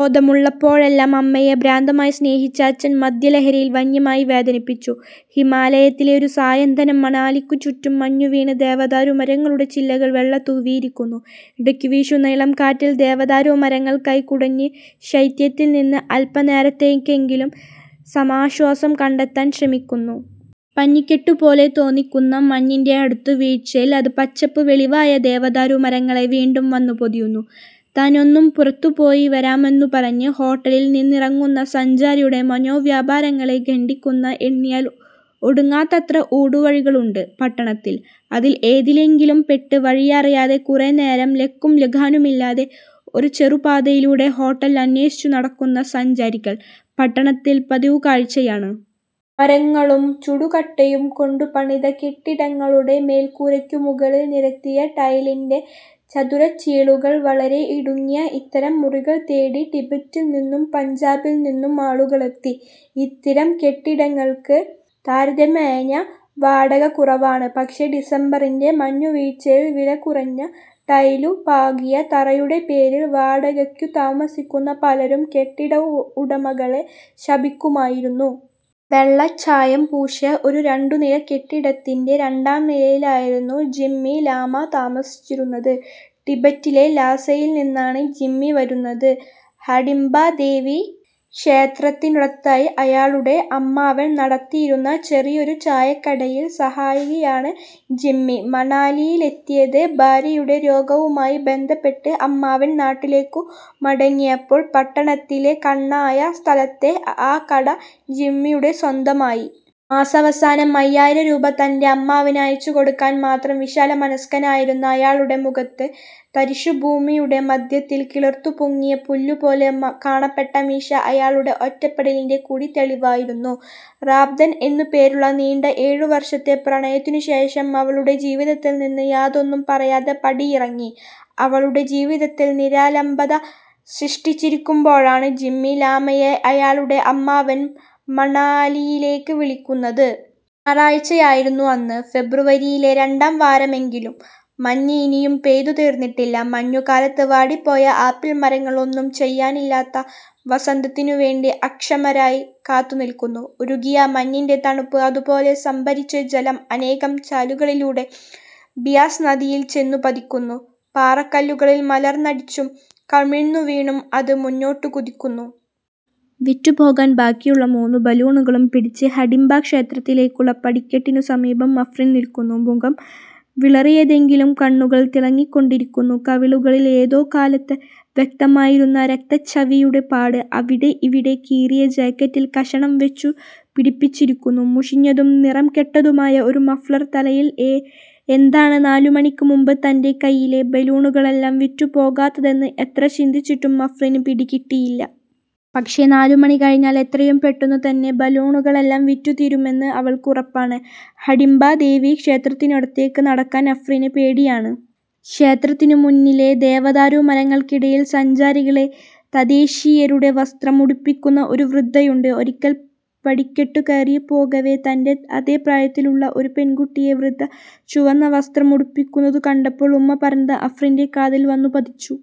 'ബോധമുള്ളപ്പോഴെല്ലാം അമ്മയെ ഭ്രാന്തമായി സ്നേഹിച്ച അച്ഛൻ, മദ്യലഹരിയിൽ വന്യമായി വേദനിപ്പിച്ചു... ' ഹിമാലയത്തിലെ ഒരു സായന്തനം മണാലിക്കു ചുറ്റും മഞ്ഞുവീണ് ദേവദാരു മരങ്ങളുടെ ചില്ലകൾ വെള്ള തൂവിയിരിക്കുന്നു. ഇടയ്ക്കു വീശുന്ന ഇളംകാറ്റിൽ ദേവദാരു മരങ്ങൾ കൈ കുടഞ്ഞ് ശൈത്യത്തിൽ നിന്ന് അല്പനേരത്തേക്കെങ്കിലും സമാശ്വാസം കണ്ടെത്താൻ ശ്രമിക്കുന്നു. പഞ്ഞിക്കെട്ടുപോലെ തോന്നിക്കുന്ന മഞ്ഞിന്റെ അടുത്ത വീഴ്ചയിൽ അത് പച്ചപ്പ് വെളിവായ ദേവദാരു മരങ്ങളെ വീണ്ടും വന്നുപൊതിയുന്നു. താൻ ഒന്നു പുറത്തുപോയി വരാമെന്നു പറഞ്ഞ് ഹോട്ടലിൽ നിന്നിറങ്ങുന്ന സഞ്ചാരിയുടെ മനോവ്യാപാരങ്ങളെ ഖണ്ഡിക്കുന്ന എണ്ണിയാൽ ഒടുങ്ങാത്തത്ര ഊടുവഴികളുണ്ട് പട്ടണത്തിൽ. അതിൽ ഏതിലെങ്കിലും പെട്ട് വഴിയറിയാതെ കുറേ നേരം ലക്കുംലഗാനുമില്ലാതെ ഒരു ചെറുപാതയിലൂടെ ഹോട്ടൽ അന്വേഷിച്ചു നടക്കുന്ന സഞ്ചാരികൾ പട്ടണത്തിൽ പതിവുകാഴ്ചയാണ്. മരങ്ങളും ചുടുകട്ടയും കൊണ്ടുപണിത കെട്ടിടങ്ങളുടെ മേൽക്കൂരയ്ക്കു മുകളിൽ നിരത്തിയ ടൈലിന്റെ ചതുരച്ചീളുകൾ. വളരെ ഇടുങ്ങിയ ഇത്തരം മുറികൾ തേടി ടിബറ്റിൽ നിന്നും പഞ്ചാബിൽ നിന്നും ആളുകളെത്തി. ഇത്തരം കെട്ടിടങ്ങൾക്ക് താരതമ്യേന വാടക കുറവാണ്. പക്ഷേ ഡിസംബറിന്റെ മഞ്ഞുവീഴ്ചയിൽ വിലകുറഞ്ഞ ടൈലു പാകിയ തറയുടെ പേരിൽ വാടകയ്ക്കു താമസിക്കുന്ന പലരും കെട്ടിട ഉടമകളെ ശപിക്കുമായിരുന്നു. വെള്ളച്ചായം പൂശിയ ഒരു രണ്ടുനില കെട്ടിടത്തിന്റെ രണ്ടാംനിലയിലായിരുന്നു ജിമ്മി ലാമ താമസിച്ചിരുന്നത്. ടിബറ്റിലെ ലാസയിൽ നിന്നാണ് ജിമ്മി വരുന്നത്. ഹഡിംബ ദേവി ക്ഷേത്രത്തിനടുത്തായി അയാളുടെ അമ്മാവൻ നടത്തിയിരുന്ന ചെറിയൊരു ചായക്കടയിൽ സഹായിയാണ് ജിമ്മി മണാലിയിലെത്തിയത്. ഭാര്യയുടെ രോഗവുമായി ബന്ധപ്പെട്ട് അമ്മാവൻ നാട്ടിലേക്കു മടങ്ങിയപ്പോൾ പട്ടണത്തിലെ കണ്ണായ സ്ഥലത്തെ ആ കട ജിമ്മിയുടെ സ്വന്തമായി. മാസവസാനം അയ്യായിരം രൂപ തന്റെ അമ്മാവന് അയച്ചുകൊടുക്കാൻ മാത്രം വിശാലമനസ്കനായിരുന്ന അയാളുടെ മുഖത്ത്, തരിശുഭൂമിയുടെ മധ്യത്തിൽ കിളിർത്തുപൊങ്ങിയ പുല്ലുപോലെ കാണപ്പെട്ട മീശ അയാളുടെ ഒറ്റപ്പെടലിന്റെ കൂടി തെളിവായിരുന്നു. റാബ്തൻ എന്നുപേരുള്ള നീണ്ട എഴുവർഷത്തെ പ്രണയത്തിനുശേഷം അവളുടെ ജീവിതത്തിൽ നിന്ന് യാതൊന്നും പറയാതെ പടിയിറങ്ങി, അവളുടെ ജീവിതത്തിൽ നിരാലംബത സൃഷ്ടിച്ചിരിക്കുമ്പോഴാണ് ജിമ്മി ലാമയെ അയാളുടെ അമ്മാവൻ മണാലിയിലേക്ക് വിളിക്കുന്നത്. ഞായറാഴ്ചയായിരുന്നു അന്ന്. ഫെബ്രുവരിയിലെ രണ്ടാം വാരമെങ്കിലും മഞ്ഞ് ഇനിയും പെയ്തുതീർന്നിട്ടില്ല. മഞ്ഞുകാലത്ത് വാടിപ്പോയ ആപ്പിൾ മരങ്ങൾ ഒന്നും ചെയ്യാനില്ലാത്ത വസന്തത്തിനുവേണ്ടി അക്ഷമരായി കാത്തുനില്ക്കുന്നു. ഉരുകിയ മഞ്ഞിന്റെ തണുപ്പ് അതുപോലെ സംഭരിച്ച് ജലം അനേകം ചാലുകളിലൂടെ ബിയാസ് നദിയിൽ ചെന്നുപതിക്കുന്നു. പാറക്കല്ലുകളിൽ മലർന്നടിച്ചും കമിഴ്ന്നുവീണും അത് മുന്നോട്ടുകുതിക്കുന്നു. വിറ്റുപോകാൻ ബാക്കിയുള്ള മൂന്നു ബലൂണുകളും പിടിച്ച് ഹഡിംബ ക്ഷേത്രത്തിലേക്കുള്ള പടിക്കെട്ടിനു സമീപം അഫ്രീൻ നില്ക്കുന്നു. മുഖം വിളറിയതെങ്കിലും കണ്ണുകൾ തിളങ്ങികൊണ്ടിരിക്കുന്നു. കവിളുകളിൽ ഏതോ കാലത്ത് വ്യക്തമായിരുന്ന രക്തച്ഛവിയുടെ പാട്. അവിടവിടെ കീറിയ ജാക്കറ്റിൽ കഷ്ണം വച്ചു പിടിപ്പിച്ചിരിക്കുന്നു. മുഷിഞ്ഞതും നിറംകെട്ടതുമായ ഒരു മഫ്ലർ തലയിൽ. എന്താണ് നാലുമണിക്ക് മുമ്പ് തന്റെ കൈയിലെ ബലൂണുകളെല്ലാം വിറ്റുപോകാത്തതെന്ന് എത്ര ചിന്തിച്ചിട്ടും അഫ്രീന് പിടികിട്ടിയില്ല. പക്ഷേ നാലുമണി കഴിഞ്ഞാൽ എത്രയുംപെട്ടെന്നു തന്നെ ബലൂണുകളെല്ലാം വിറ്റുതീരുമെന്ന് അവൾക്ക് ഉറപ്പാണ്. ഹഡിംബ ദേവി ക്ഷേത്രത്തിനടുത്തേക്ക് നടക്കാൻ അഫ്രീന് പേടിയാണ്. ക്ഷേത്രത്തിനു മുന്നിലെ ദേവദാരു മരങ്ങൾക്കിടയിൽ സഞ്ചാരികളെ തദ്ദേശീയരുടെ വസ്ത്രം ഉടുപ്പിക്കുന്ന ഒരു വൃദ്ധയുണ്ട്. ഒരിക്കൽ പടിക്കെട്ടു കയറിപ്പോകവേ തന്റെ അതേ പ്രായത്തിലുള്ള ഒരു പെൺകുട്ടിയെ വൃദ്ധ ചുവന്നവസ്ത്രം ഉടുപ്പിക്കുന്നതു കണ്ടപ്പോൾ ഉമ്മ പറഞ്ഞത് അഫ്രീന്റെ കാതിൽ വന്നുപതിച്ചു.